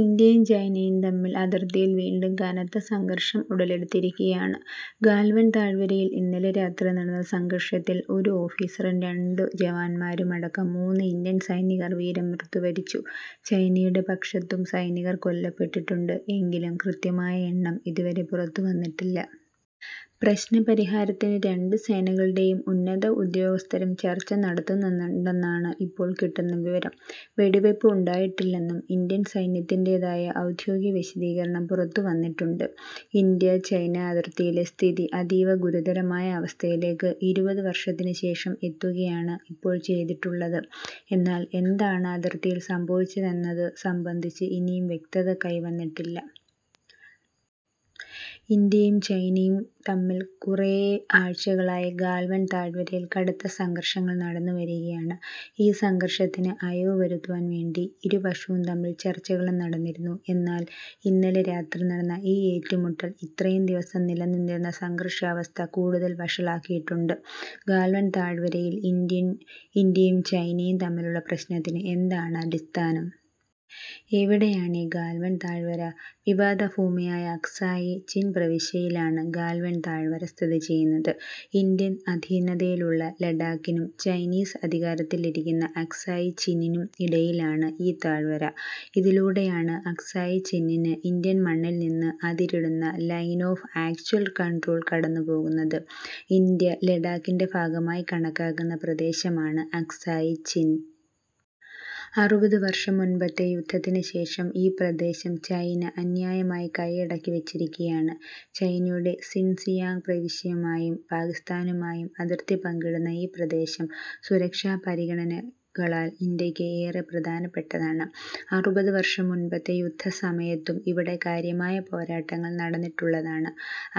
ഇന്ത്യയും ചൈനയും തമ്മിൽ അതിർത്തിയിൽ വീണ്ടും കനത്ത സംഘർഷം ഉടലെടുത്തിരിക്കുകയാണ്. ഗാൽവൻ താഴ്വരയിൽ ഇന്നലെ രാത്രി നടന്ന സംഘർഷത്തിൽ ഒരു ഓഫീസറും രണ്ടു ജവാന്മാരും അടക്കം മൂന്ന് ഇന്ത്യൻ സൈനികർ വീരമൃത്യു വരിച്ചു. ചൈനയുടെ പക്ഷത്തും സൈനികർ കൊല്ലപ്പെട്ടിട്ടുണ്ട് എങ്കിലും കൃത്യമായ എണ്ണം ഇതുവരെ പുറത്തുവന്നിട്ടില്ല. പ്രശ്നപരിഹാരത്തിന് രണ്ട് സേനകളുടെയും ഉന്നത ഉദ്യോഗസ്ഥരും ചർച്ച നടത്തുന്നുണ്ടെന്നാണ് ഇപ്പോൾ കിട്ടുന്ന വിവരം. വെടിവയ്പ് ഉണ്ടായിട്ടില്ലെന്നും ഇന്ത്യൻ സൈന്യത്തിന്റേതായ ഔദ്യോഗിക വിശദീകരണം പുറത്തുവന്നിട്ടുണ്ട്. ഇന്ത്യ ചൈന അതിർത്തിയിലെ സ്ഥിതി അതീവഗുരുതരമായ അവസ്ഥയിലേക്ക് ഇരുപത് വർഷത്തിന് ശേഷം എത്തുകയാണ് ഇപ്പോൾ ചെയ്തിട്ടുള്ളത്. എന്നാൽ എന്താണ് അതിർത്തിയിൽ സംഭവിച്ചതെന്നത് സംബന്ധിച്ച് ഇനിയും വ്യക്തത കൈവന്നിട്ടില്ല. ഇന്ത്യയും ചൈനയും തമ്മിൽ കഴിഞ്ഞ കുറെ ആഴ്ചകളായി ഗാൽവൻ താഴ്വരയിൽ കടുത്ത സംഘർഷങ്ങൾ നടന്നുവരികയാണ്. ഈ സംഘർഷത്തിന് അയവുവരുത്താൻ വേണ്ടി ഇരു പക്ഷവും തമ്മിൽ ചർച്ചകളും നടന്നിരുന്നു. എന്നാൽ ഇന്നലെ രാത്രി നടന്ന ഈ ഏറ്റുമുട്ടൽ ഇത്രയും ദിവസം നിലനിന്നിരുന്ന സംഘർഷാവസ്ഥ കൂടുതൽ വഷളാക്കിയിട്ടുണ്ട്. ഗാൽവൻ താഴ്വരയിൽ ഇന്ത്യയും ചൈനയും തമ്മിലുള്ള പ്രശ്നത്തിന് എന്താണ് അടിസ്ഥാനം? എവിടെയാണീ ഗാൽവൻ താഴ്വര? വിവാദഭൂമിയായ അക്സായി ചിൻ പ്രവിശ്യയിലാണ് ഗാൽവൻ താഴ്വര സ്ഥിതി ചെയ്യുന്നത്. ഇന്ത്യൻ അധീനതയിലുള്ള ലഡാക്കിനും ചൈനീസ് അധികാരത്തിലിരിക്കുന്ന അക്സായി ചിനിനും ഇടയിലാണ് ഈ താഴ്വര. ഇതിലൂടെയാണ് അക്സായി ചിന്നിന് ഇന്ത്യൻ മണ്ണിൽ നിന്ന് അതിരിടുന്ന ലൈൻ ഓഫ് ആക്ച്വൽ കൺട്രോൾ കടന്നുപോകുന്നത്. ഇന്ത്യ ലഡാക്കിൻ്റെ ഭാഗമായി കണക്കാക്കുന്ന പ്രദേശമാണ് അക്സായി ചിൻ. അറുപത് വർഷം മുൻപത്തെ യുദ്ധത്തിന് ശേഷം ഈ പ്രദേശം ചൈന അന്യായമായി കയ്യടക്കി വെച്ചിരിക്കുകയാണ്. ചൈനയുടെ സിൻജിയാങ് പ്രവിശ്യയുമായും പാകിസ്ഥാനുമായും അതിർത്തി പങ്കിടുന്ന ഈ പ്രദേശം സുരക്ഷാ പരിഗണനകളാൽ ഇന്ത്യക്ക് ഏറെ പ്രധാനപ്പെട്ടതാണ്. അറുപത് വർഷം മുൻപത്തെ യുദ്ധസമയത്തും ഇവിടെ കാര്യമായ പോരാട്ടങ്ങൾ നടന്നിട്ടുള്ളതാണ്.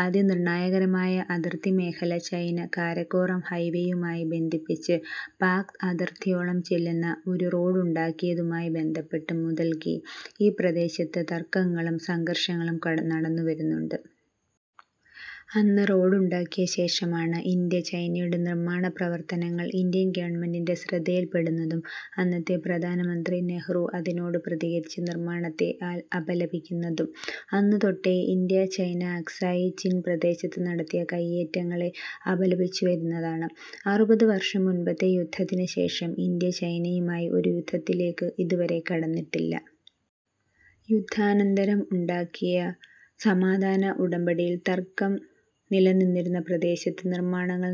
അതിനിർണായകമായ അതിർത്തി മേഖല ചൈന കാരക്കോറം ഹൈവേയുമായി ബന്ധിപ്പിച്ച് പാക് അതിർത്തിയോളം ചെല്ലുന്ന ഒരു റോഡുണ്ടാക്കിയതുമായി ബന്ധപ്പെട്ട് മുതൽക്കേ ഈ പ്രദേശത്ത് തർക്കങ്ങളും സംഘർഷങ്ങളും നടന്നുവരുന്നുണ്ട്. അന്ന് റോഡുണ്ടാക്കിയ ശേഷമാണ് ഇന്ത്യ ചൈനയുടെ നിർമാണ പ്രവർത്തനങ്ങൾ ഇന്ത്യൻ ഗവൺമെന്റിൻ്റെ ശ്രദ്ധയിൽപ്പെടുന്നതും അന്നത്തെ പ്രധാനമന്ത്രി നെഹ്റു അതിനോട് പ്രതികരിച്ച് നിർമാണത്തെ അപലപിക്കുന്നതും. അന്നുതൊട്ടേ ഇന്ത്യ ചൈന അക്സായി ചിൻ പ്രദേശത്ത് നടത്തിയ കയ്യേറ്റങ്ങളെ അപലപിച്ചുവരുന്നതാണ്. അറുപത് വർഷം മുൻപത്തെ യുദ്ധത്തിന് ശേഷം ഇന്ത്യ ചൈനയുമായി ഒരു യുദ്ധത്തിലേക്ക് ഇതുവരെ കടന്നിട്ടില്ല. യുദ്ധാനന്തരം ഉണ്ടാക്കിയ സമാധാന ഉടമ്പടിയിൽ തർക്കം നിലനിൽക്കുന്ന പ്രദേശത്ത് നിർമാണങ്ങൾ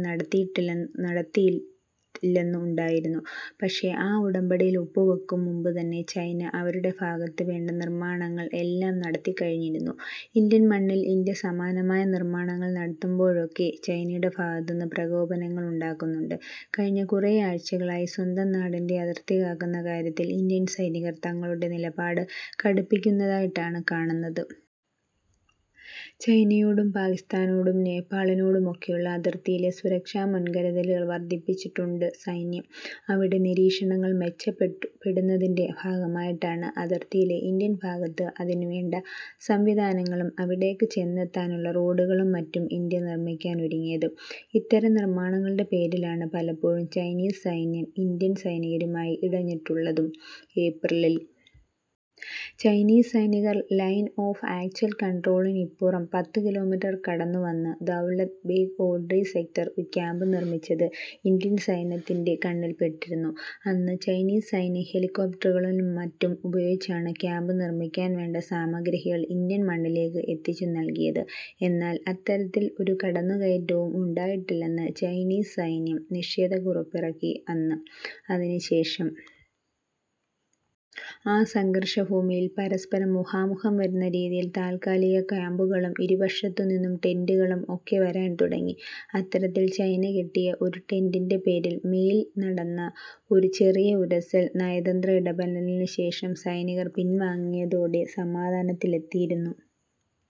നടത്തില്ലെന്ന് ഉണ്ടായിരുന്നു. പക്ഷേ ആ ഉടമ്പടിയിൽ ഒപ്പുവെക്കും മുമ്പുതന്നെ ചൈന അവരുടെ ഭാഗത്ത് വേണ്ട നിർമാണങ്ങൾ എല്ലാം നടത്തിക്കഴിഞ്ഞിരുന്നു. ഇന്ത്യൻ മണ്ണിൽ ഇന്ത്യ സമാനമായ നിർമാണങ്ങൾ നടത്തുമ്പോഴൊക്കെ ചൈനയുടെ ഭാഗത്തുനിന്ന് പ്രകോപനങ്ങൾ ഉണ്ടാകുന്നുണ്ട്. കഴിഞ്ഞ കുറെ ആഴ്ചകളായി സ്വന്തം നാടിൻ്റെ അതിർത്തി കാക്കുന്ന കാര്യത്തിൽ ഇന്ത്യൻ സൈനികർ തങ്ങളുടെ നിലപാട് കടുപ്പിക്കുന്നതായിട്ടാണ് കാണുന്നത്. ചൈനയോടും പാകിസ്താനോടും നേപ്പാളിനോടും ഒക്കെയുള്ള അതിർത്തിയിലെ സുരക്ഷാ മുൻകരുതലുകൾ വർധിപ്പിച്ചിട്ടുണ്ട് സൈന്യം. അവിടെ നിരീക്ഷണങ്ങൾ മെച്ചപ്പെടുത്തുന്നതിൻ്റെ ഭാഗമായിട്ടാണ് അതിർത്തിയിലെ ഇന്ത്യൻ ഭാഗത്ത് അതിനുവേണ്ട സംവിധാനങ്ങളും അവിടേക്ക് ചെന്നെത്താനുള്ള റോഡുകളും മറ്റും ഇന്ത്യ നിർമിക്കാൻ ഒരുങ്ങിയത്. ഇത്തരം നിർമാണങ്ങളുടെ പേരിലാണ് പലപ്പോഴും ചൈനീസ് സൈന്യം ഇന്ത്യൻ സൈനികരുമായി ഇടഞ്ഞിട്ടുള്ളതും. ഏപ്രിലിൽ ചൈനീസ് സൈനികർ ലൈൻ ഓഫ് ആക്ച്വൽ കൺട്രോളിനിപ്പുറം പത്തുകിലോമീറ്റർ കടന്നുവന്ന് ദൗലത് ബേഗ് ഓൾഡി സെക്ടറിൽ ഒരു ക്യാമ്പ് നിർമിച്ചത് ഇന്ത്യൻ സൈന്യത്തിൻ്റെ കണ്ണിൽപ്പെട്ടിരുന്നു. അന്ന് ചൈനീസ് സൈന്യം ഹെലികോപ്റ്ററുകളും മറ്റും ഉപയോഗിച്ചാണ് ക്യാമ്പ് നിർമിക്കാൻ വേണ്ട സാമഗ്രികൾ ഇന്ത്യൻ മണ്ണിലേക്ക് എത്തിച്ചുനൽകിയത്. എന്നാൽ അത്തരത്തിൽ ഒരു കടന്നുകയറ്റവും ഉണ്ടായിട്ടില്ലെന്ന് ചൈനീസ് സൈന്യം നിഷേധക്കുറിപ്പിറക്കി അന്ന്. അതിനുശേഷം ആ സംഘർഷഭൂമിയിൽ പരസ്പരം മുഖാമുഖം വരുന്ന രീതിയിൽ താത്കാലിക ക്യാമ്പുകളും ഇരുപക്ഷത്തുനിന്നും ടെന്റുകളും ഒക്കെ വരാൻ തുടങ്ങി. അത്തരത്തിൽ ചൈന കെട്ടിയ ഒരു ടെന്റിൻ്റെ പേരിൽ മെയിൽ നടന്ന ഒരു ചെറിയ ഉരസൽ നയതന്ത്ര ഇടപെടലിന് ശേഷം സൈനികർ പിൻവാങ്ങിയതോടെ സമാധാനത്തിലെത്തിയിരുന്നു.